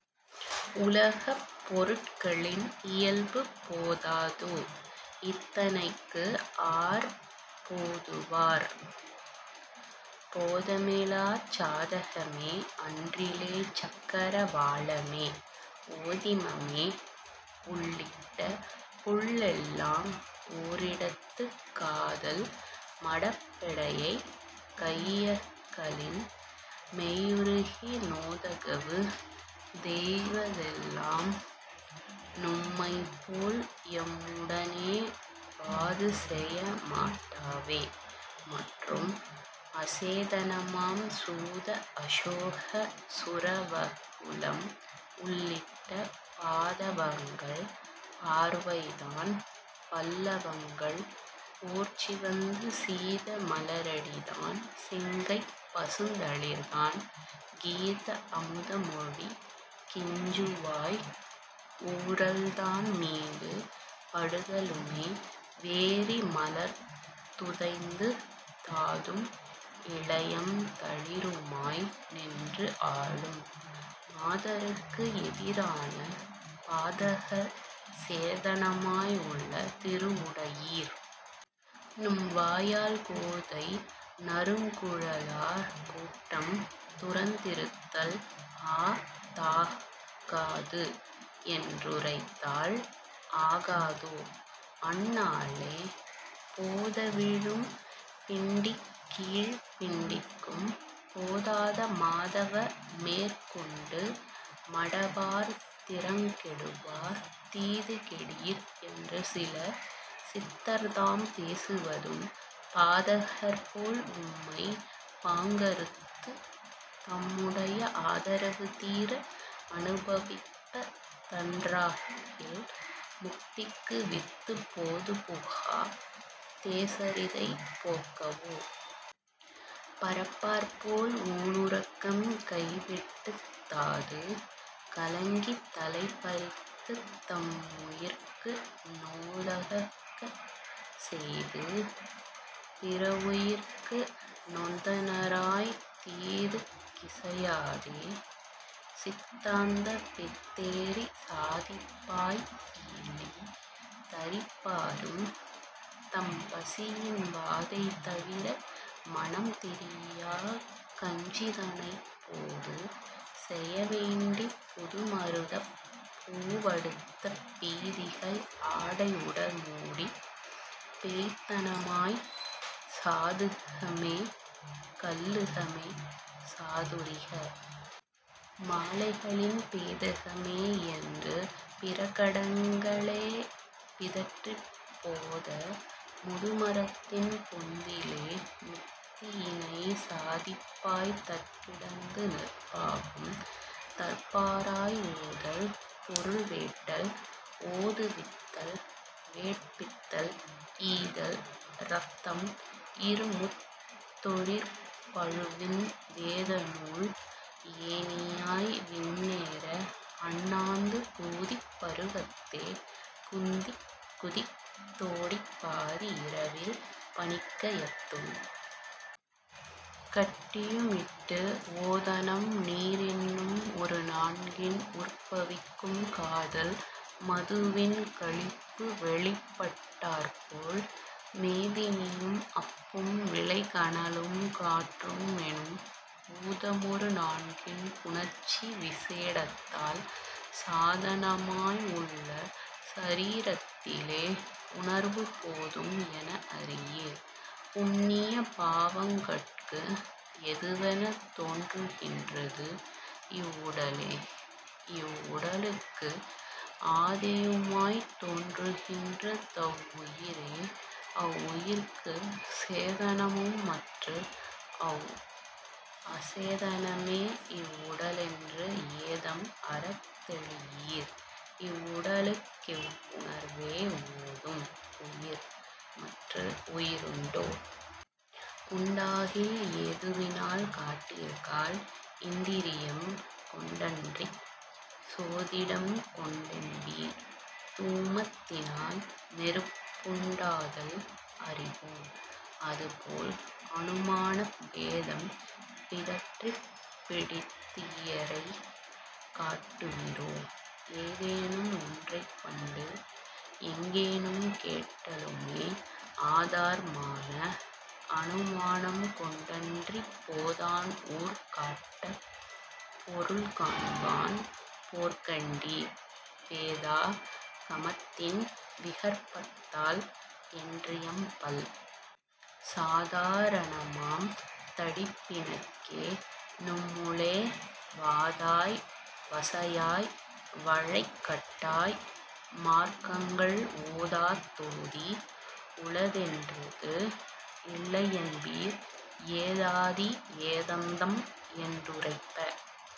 உலகப் பொருள்களின் இயல்பு போதாதோ? இத்தனைக்குஆர் போதுவார்? போதமிலாச் சாதகமே அன்றிலே சக்கர வாளமே ஓதிமமே உள்ளிட்ட புள்ளெல்லாம் ஒரிடத்துக் காதல் மடப்பெடையைக் கையகலின் மெய்யுருகி நோதகவு செய்வதெல்லாம் நும்மைப்போல் எம்முடனே வாதுசெய மாட்டாவே; மற்றும் அசேதனமாம் சூத அசோக சுரவகுளம் உள்ளிட்ட பாதவங்கள் பார்வைதான் பல்லவங்கள் போற்சிவந்த சீத மலரடிதான் செங்கைப் பசுந்தளிர்தான் கீத அமுதமொழிக் கிஞ்சுகவாய் ஊறல்தான் மீது படுதலுமே வேரி மலர்துதைந்து தாதும் இலையம் தளிருமாய் நின்று ஆலும்;- மாதருக்கு எதிரான பாதகர் சேதனமாய் உள்ள திருவுடையீர்! நும்வாயால் கோதை நறுங்குழலார் கூட்டம் துறந்திருத்தல் ஆ! தகாது என்றுரைத்தால் ஆகாதோ? அந்நாளே போதவிழும் பிண்டிக்கீழ்ப் பிண்டிக்கும் போதாத மாதவமேற் கொண்டு மடபார் திறங்கெடுவர் தீதுகெடீர் என்றுசில சித்தர்தாம் பேசுவதும் பாதகர் போல்உம்மைப் பாங்கறுத்துத் தம்முடைய ஆதரவு தீர அனுபவிப்ப தன்றாகில் முத்திக்கு வித்து போதுபுகா தேசரிதை போக்கவோ? பறப்பார்போல் ஊணுறக்கம் கைவிட்டுத் தாது கலங்கித் தலைபறித்துத் தம்முயிர்க்கு நோதக்க செய்து பிறவுயிர்க்கு நொந்தனராய்த் தீதுக் கிசையாதே சித்தாந்தப் பித்தேறிச் சாதிப்பாய்ப் பீலி தரிப்பாரும், தம்பசியின் வாதை தவிர மனம்திரியாக் கஞ்சிதனைப் போதுசெய வேண்டிப் புதுமருதப் பூவடுத்த பீதக ஆடைஉடல்மூடிப் பேய்த்தனமாய்ச் சாதுகமே கல்லுகமே சாதுரிக மாலைகளின் பேதகமே என்று பிரகடங்க ளேபிதற்றிப் போத முதுமரத்தின் பொந்திலே முத்தியினைச் சாதிப்பாய்த் தற்கிடந்து நிற்பாரும், தற்பரராய் ஓதல் பொருள்வேட்டல் ஓதுவித்தல் வேட்பித்தல் ஈதல் இரத்தம் இருமுத் தொழிற்பழுவின் வேதநூல் ஏணியாய் விண்ணேற அண்ணாந்து கூதிப் பருவத்தே குந்திக் குதித் தோடிப் பாதி இரவில் பனிக்கயத்துள் கட்டியுமிட்டு ஓதனம்நீர் என்னும் ஒரு நான்கின் உற்பவிக்கும் காதல் மதுவின் களிப்புவெளிப் பட்டாற்போல் மேதினியும் அப்பும் விளைகனலும் காற்றுமெனும் பூதமொரு நான்கின் புணர்ச்சி விசேடத்தால் சாதனமாய் உள்ள சரீரத்திலேஉணர்வு போதும் எனஅறியீர்; புண்ணிய பாவங்கட்கு எதுவெனத் தோன்றுகின்றது இவ்வுடலே; இவ்வுடலுக்கு ஆதியுமாய்த் தோன்றுகின்ற தவ்வுயிரே; அவ்வுயிர்க்குச் சேதனமும், மற்றுஅவ் அசேதனமே இவ்வுடலென்று ஏதம் அறத்தெளியீர்; இவ்வுடலுக் கிவ்வுணர்வே ஓதும் உயிர்; மற்று உயிருண்டோ? உண்டாகில் ஏதுவினால் காட்டீர்காள்! இந்திரியம் கொண்டன்றிச் சோதிடம் கொண்டென்பீர்; தூமத் தினால்நெருப்புண் டாதல் அறிவோம், அதுபோல் அனுமானப் பேதம் பிதற்றிப் பிடித்துயிரைக் காட்டுவிரோ? ஏதேனும் ஒன்றைப்பண்டு எங்கேனும் கேட்டலுமே ஆதார் மான அனுமானம் கொண்டன்றிப் போதான்ஊர் காட்டப் பொருள்காண்பான் போற்கண்டீர்; வேதா கமத்தின் விகற்பத்தால் என்றியம்பல் சாதா ரணமாம் தடிப்பிணக்கே; நும்முளே வாதாய் வசையாய் வழைக்கட்டாய் மார்க்கங்கள் ஓதாத் தோதி உளதென்றது இல்லையென்பீர்; ஏதாதி ஏதந்தம் என்றுரைப்ப